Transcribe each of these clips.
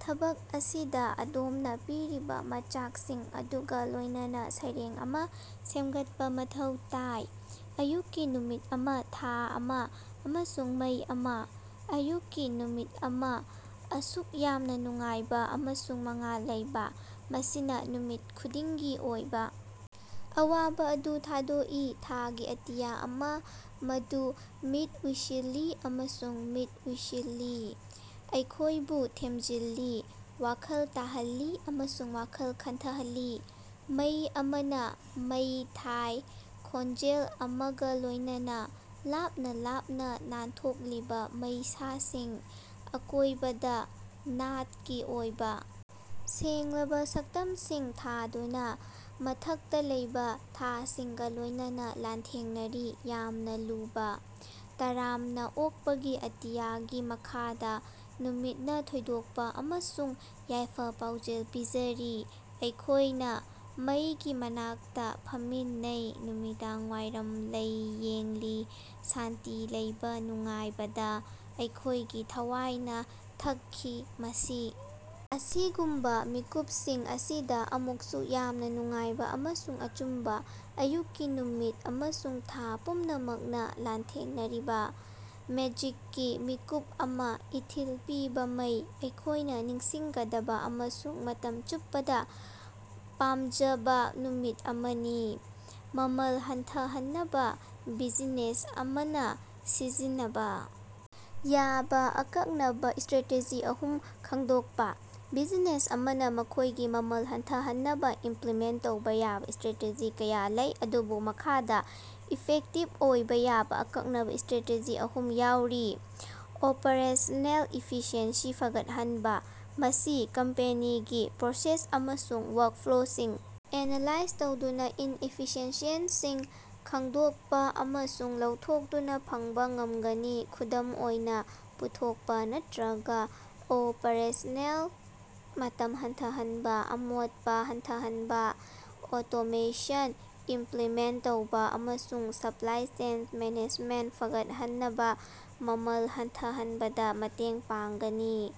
ꯊꯕꯛ ꯑꯁꯤꯗ ꯑꯗꯣꯝꯅ ꯄꯤꯔꯤꯕ ꯃꯆꯥꯛꯁꯤꯡ ꯑꯗꯨꯒ ꯂꯣꯏꯅꯅ ꯁꯩꯔꯦꯡ ꯑꯃ ꯁꯦꯃꯒꯠꯄꯥ ꯃꯊꯧ ꯇꯥꯏ꯫ ꯑꯌꯨꯛꯀꯤ ꯅꯨꯃꯤꯠ ꯑꯃ, ꯊꯥ ꯑꯃ, ꯑꯃꯁꯨꯡ ꯃꯩ ꯑꯃ꯫ ꯑꯌꯨꯛꯀꯤ ꯅꯨꯃꯤꯠ ꯑꯃ, ꯑꯁꯨꯛ ꯌꯥꯝꯅ ꯅꯨꯡꯉꯥꯏꯕ ꯑꯃꯁꯨꯡ ꯃꯉꯥꯜ ꯂꯩꯕ, ꯃꯁꯤꯅ ꯅꯨꯃꯤꯠ ꯈꯨꯗꯤꯡꯒꯤ ꯑꯣꯏꯕ ꯑꯋꯥꯕ ꯑꯗꯨ ꯊꯥꯗꯣꯛꯏ, ꯊꯥꯒꯤ ꯑꯇꯤꯌꯥ ꯑꯃ, ꯃꯗꯨ ꯃꯤꯠ ꯎꯏꯁꯤꯜꯂꯤ ꯑꯃꯁꯨꯡ ꯃꯤꯠ ꯎꯏꯁꯤꯜꯂꯤ, ꯑꯩꯈꯣꯏꯕꯨ ꯊꯦꯝꯖꯤꯜꯂꯤ, ꯋꯥꯈꯜ ꯇꯥꯍꯜꯂꯤ ꯑꯃꯁꯨꯡ ꯋꯥꯈꯜ ꯈꯟꯊꯍꯜꯂꯤ꯫ ꯃꯩ ꯑꯃꯅ ꯃꯩ ꯊꯥꯏ, ꯈꯣꯟꯖꯦꯜ ꯑꯃꯒ ꯂꯣꯏꯅꯅ, ꯂꯥꯞꯅ ꯂꯥꯞꯅ ꯅꯥꯟꯊꯣꯛꯂꯤꯕ ꯃꯩꯁꯥꯁꯤꯡ, ꯑꯀꯣꯏꯕꯗ ꯅꯥꯠꯀꯤ ꯑꯣꯏꯕ ꯁꯦꯡꯂꯕ ꯁꯛꯇꯝꯁꯤꯡ ꯊꯥꯗꯨꯅ, ꯃꯊꯛꯇ ꯂꯩꯕ ꯊꯥꯁꯤꯡꯒ ꯂꯣꯏꯅꯅ ꯂꯥꯟꯊꯦꯡꯅꯔꯤ, ꯌꯥꯝꯅ ꯂꯨꯕ꯫ ꯇꯔꯥꯝꯅꯥ ꯑꯣꯛꯄꯒꯤ ꯑꯇꯤꯌꯥꯒꯤ ꯃꯈꯥꯗ, ꯅꯨꯃꯤꯠꯅ ꯊꯣꯏꯗꯣꯛꯄꯥ ꯑꯃꯁꯨꯡ ꯌꯥꯏꯐ-ꯄꯥꯎꯖꯦꯜ ꯄꯤꯖꯔꯤ, ꯑꯩꯈꯣꯏꯅ ꯃꯩꯒꯤ ꯃꯅꯥꯛꯇ ꯐꯝꯃꯤꯟꯅꯩ, ꯅꯨꯃꯤꯗꯥꯡꯋꯥꯏꯔꯝ ꯂꯩ ꯌꯦꯡꯂꯤ, ꯁꯥꯟꯇꯤ ꯂꯩꯕ ꯅꯨꯡꯉꯥꯏꯕꯗ, ꯑꯩꯈꯣꯏꯒꯤ ꯊꯋꯥꯏꯅ ꯊꯛꯈꯤ꯫ ꯃꯁꯤ ꯑꯁꯤꯒꯨꯝꯕ ꯃꯤꯀꯨꯞꯁꯤꯡ ꯑꯁꯤꯗ, ꯑꯁꯨꯛ ꯌꯥꯝꯅ ꯅꯨꯡꯉꯥꯏꯕ ꯑꯃꯁꯨꯡ ꯑꯆꯨꯝꯕ, ꯑꯌꯨꯛꯀꯤ ꯅꯨꯃꯤꯠ ꯑꯃꯁꯨꯡ ꯊꯥ ꯄꯨꯝꯅꯃꯛꯅ ꯂꯥꯟꯊꯦꯡꯅꯔꯤꯕ, ꯃꯦꯖꯤꯛꯀꯤ ꯃꯤꯀꯨꯞ ꯑꯃꯥ, ꯏꯊꯤꯜ ꯄꯤꯕ ꯃꯩ, ꯑꯩꯈꯣꯏꯅ ꯅꯤꯡꯁꯤꯡꯒꯗꯕ, ꯑꯃꯁꯨꯡ ꯃꯇꯝ ꯆꯨꯞꯄꯗ ꯄꯥꯃꯖꯕ ꯅꯨꯃꯤꯠ ꯑꯃꯅꯤ꯫ ꯃꯃꯜ ꯍꯟꯊꯍꯟꯅꯕ ꯕꯤꯖꯤꯅꯦꯁ ꯑꯃꯅ ꯁꯤꯖꯤꯟꯅꯕ ꯌꯥꯕ ꯑꯀꯛꯅꯕ ꯁ꯭ꯇꯔꯥꯇꯦꯖꯤ ꯑꯍꯨꯝ ꯈꯪꯗꯣꯛꯄ꯫ ꯕꯤꯖꯤꯅꯦꯁ ꯑꯃꯅ ꯃꯈꯣꯏꯒꯤ ꯃꯃꯜ ꯍꯟꯊꯍꯟꯅꯕ ꯏꯃꯄ꯭ꯂꯤꯃꯦꯟꯠ ꯇꯧꯕ ꯌꯥꯕ ꯁ꯭ꯇꯔꯦꯇꯦꯖꯤ ꯀꯌꯥ ꯂꯩ, ꯑꯗꯨꯕꯨ ꯃꯈꯥꯗ ꯏꯐꯦꯛꯇꯤꯕ ꯑꯣꯏꯕ ꯌꯥꯕ ꯑꯀꯛꯅꯕ ꯁ꯭ꯇꯔꯦꯇꯦꯖꯤ ꯑꯍꯨꯝ ꯌꯥꯎꯔꯤ: ꯑꯣꯄꯔꯦꯁꯅꯦꯜ ꯏꯐꯤꯁꯤꯑꯦꯟꯁꯤ ꯐꯒꯠꯍꯟꯕ: ꯃꯁꯤ ꯀꯝꯄꯦꯅꯤꯒꯤ ꯄ꯭ꯔꯣꯁꯦꯁ ꯑꯃꯁꯨꯡ ꯋꯥ꯭ꯔꯛꯐ꯭ꯂꯣꯁꯤꯡ ꯑꯦꯅꯥꯂꯥꯏꯖ ꯇꯧꯗꯨꯅ ꯏꯟꯑꯦꯐꯤꯁꯤꯑꯦꯟꯁꯤꯁꯤꯡ ꯈꯪꯗꯣꯛꯄ ꯑꯃꯁꯨꯡ ꯂꯧꯊꯣꯛꯇꯨꯅꯥ ꯐꯪꯕ ꯉꯝꯒꯅꯤ꯫ ꯈꯨꯗꯝ ꯑꯣꯏꯅ, ꯄꯨꯊꯣꯛꯄ ꯅꯠꯇꯔꯒ ꯑꯣꯄꯔꯦꯁꯅꯦꯜ ꯃꯇꯝ ꯍꯟꯊꯍꯟꯕ, ꯑꯃꯣꯠꯄ ꯍꯟꯊꯍꯟꯕ, ꯑꯣꯇꯣꯃꯦꯁꯟ ꯏꯃꯞꯂꯤꯃꯦꯟꯠ ꯇꯧꯕ, ꯑꯃꯁꯨꯡ ꯁꯄ꯭ꯂꯥꯏ ꯆꯦꯟ ꯃꯦꯅꯦꯖꯃꯦꯟꯠ ꯐꯒꯠꯍꯟꯕꯅ ꯃꯃꯜ ꯍꯟꯊꯍꯟꯕꯗ ꯃꯇꯦꯡ ꯄꯥꯡꯒꯅꯤ꯫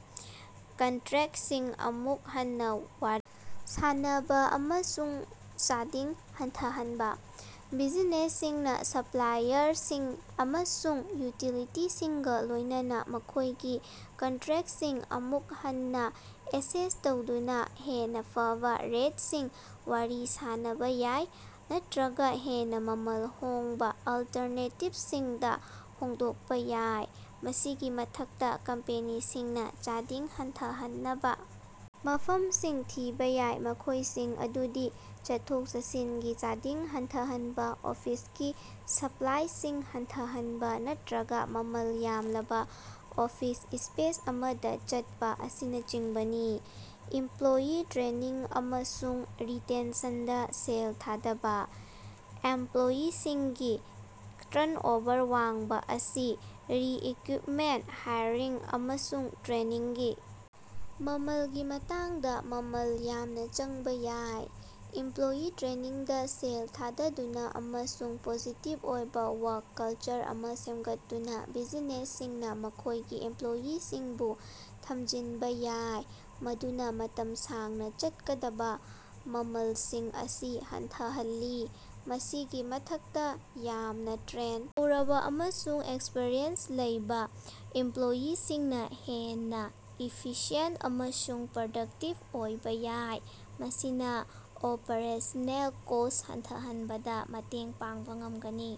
ꯀꯟꯇ꯭ꯔꯦꯛꯁꯤꯡ ꯑꯃꯨꯛ ꯍꯟꯅꯥ ꯋꯥꯔꯤ ꯁꯥꯅꯕ ꯑꯃꯁꯨꯡ ꯆꯥꯗꯤꯡ ꯍꯟꯊꯍꯟꯕ: ꯕꯤꯖꯤꯅꯦꯁꯁꯤꯡꯅ ꯁꯄ꯭ꯂꯥꯏꯌꯔꯁꯤꯡ ꯑꯃꯁꯨꯡ ꯌꯨꯇꯤꯂꯤꯇꯤꯁꯤꯡꯒ ꯂꯣꯏꯅꯅ ꯃꯈꯣꯏꯒꯤ ꯀꯟꯇ꯭ꯔꯦꯛꯁꯤꯡ ꯑꯃꯨꯛ ꯍꯟꯅ ꯑꯦꯁꯦꯁ ꯇꯧꯗꯨꯅ ꯍꯦꯟꯅ ꯐꯕ ꯔꯦꯠꯁꯤꯡ ꯋꯥꯔꯤ ꯁꯥꯅꯕ ꯌꯥꯏ ꯅꯠꯇꯔꯒ ꯍꯦꯟꯅ ꯃꯃꯜ ꯍꯣꯡꯕ ꯑꯜꯇꯔꯅꯦꯇꯤꯕꯁꯤꯡꯗ ꯍꯣꯡꯗꯣꯛꯄ ꯌꯥꯏ꯫ ꯃꯁꯤꯒꯤ ꯃꯊꯛꯇ, ꯀꯝꯄꯦꯅꯤꯁꯤꯡꯅ ꯆꯥꯗꯤꯡ ꯍꯟꯊꯍꯟꯅꯕ ꯃꯐꯝꯁꯤꯡ ꯊꯤꯕ ꯌꯥꯏ, ꯃꯈꯣꯏꯁꯤꯡ ꯑꯗꯨꯗꯤ ꯆꯠꯊꯣꯛ-ꯆꯠꯁꯤꯟꯒꯤ ꯆꯥꯗꯤꯡ ꯍꯟꯊꯍꯟꯕ, ꯑꯣꯐꯤꯁꯀꯤ ꯁꯄ꯭ꯂꯥꯏꯁꯤꯡ ꯍꯟꯊꯍꯟꯕ, ꯅꯠꯇ꯭ꯔꯒ ꯃꯃꯜ ꯌꯥꯝꯂꯕ ꯑꯣꯐꯤꯁ ꯁ꯭ꯄꯦꯁ ꯑꯃꯗ ꯆꯠꯄ ꯑꯁꯤꯅꯆꯤꯡꯕꯅꯤ꯫ ꯏꯃꯄ꯭ꯂꯣꯌꯤ ꯇ꯭ꯔꯦꯅꯤꯡ ꯑꯃꯁꯨꯡ ꯔꯤꯇꯦꯟꯁꯟꯗ ꯁꯦꯜ ꯊꯥꯗꯕ: ꯑꯦꯃꯄ꯭ꯂꯣꯌꯤꯁꯤꯡꯒꯤ ꯇ꯭ꯔꯟꯑꯣꯚꯔ ꯋꯥꯡꯕ ꯑꯁꯤ ꯔꯤꯀ꯭ꯔꯨꯏꯠꯃꯦꯟꯠ, ꯍꯥꯏꯔꯤꯡ, ꯑꯃꯁꯨꯡ ꯇ꯭ꯔꯦꯅꯤꯡꯒꯤ ꯃꯃꯜꯒꯤ ꯃꯇꯥꯡꯗ ꯃꯃꯜ ꯌꯥꯝꯅ ꯆꯪꯕ ꯌꯥꯏ꯫ ꯏꯃꯄ꯭ꯂꯣꯌꯤ ꯇ꯭ꯔꯦꯅꯤꯡꯗ ꯁꯦꯜ ꯊꯥꯗꯗꯨꯅ ꯑꯃꯁꯨꯡ ꯄꯣꯖꯤꯇꯤꯚ ꯑꯣꯏꯕ ꯋꯥ꯭ꯔꯛ ꯀꯜꯆꯔ ꯑꯃ ꯁꯦꯝꯒꯠꯇꯨꯅ, ꯕꯤꯖꯤꯅꯦꯁꯁꯤꯡꯅ ꯃꯈꯣꯏꯒꯤ ꯏꯃꯄ꯭ꯂꯣꯌꯤꯁꯤꯡꯕꯨ ꯊꯃꯖꯤꯟꯕ ꯌꯥꯏ, ꯃꯗꯨꯅ ꯃꯇꯝ ꯁꯥꯡꯅ ꯆꯠꯀꯗꯕ ꯃꯃꯜꯁꯤꯡ ꯑꯁꯤ ꯍꯟꯊꯍꯜꯂꯤ꯫ ꯃꯁꯤꯒꯤ ꯃꯊꯛꯇ, ꯌꯥꯝꯅ ꯇ꯭ꯔꯦꯟ ꯇꯧꯔꯕ ꯑꯃꯁꯨꯡ ꯑꯦꯛꯁꯄꯔꯤꯌꯦꯟꯁ ꯂꯩꯕ ꯏꯃꯄ꯭ꯂꯣꯌꯤꯁꯤꯡꯅ ꯍꯦꯟꯅ ꯏꯐꯤꯁꯤꯌꯦꯟꯠ ꯑꯃꯁꯨꯡ ꯄ꯭ꯔꯗꯛꯇꯤꯕ ꯑꯣꯏꯕ ꯌꯥꯏ, ꯃꯁꯤꯅ ꯑꯣꯄꯔꯦꯁꯅꯦꯜ ꯀꯣꯁ꯭ꯠ ꯍꯟꯊꯍꯟꯕꯗ ꯃꯇꯦꯡ ꯄꯥꯡꯕ ꯉꯝꯒꯅꯤ꯫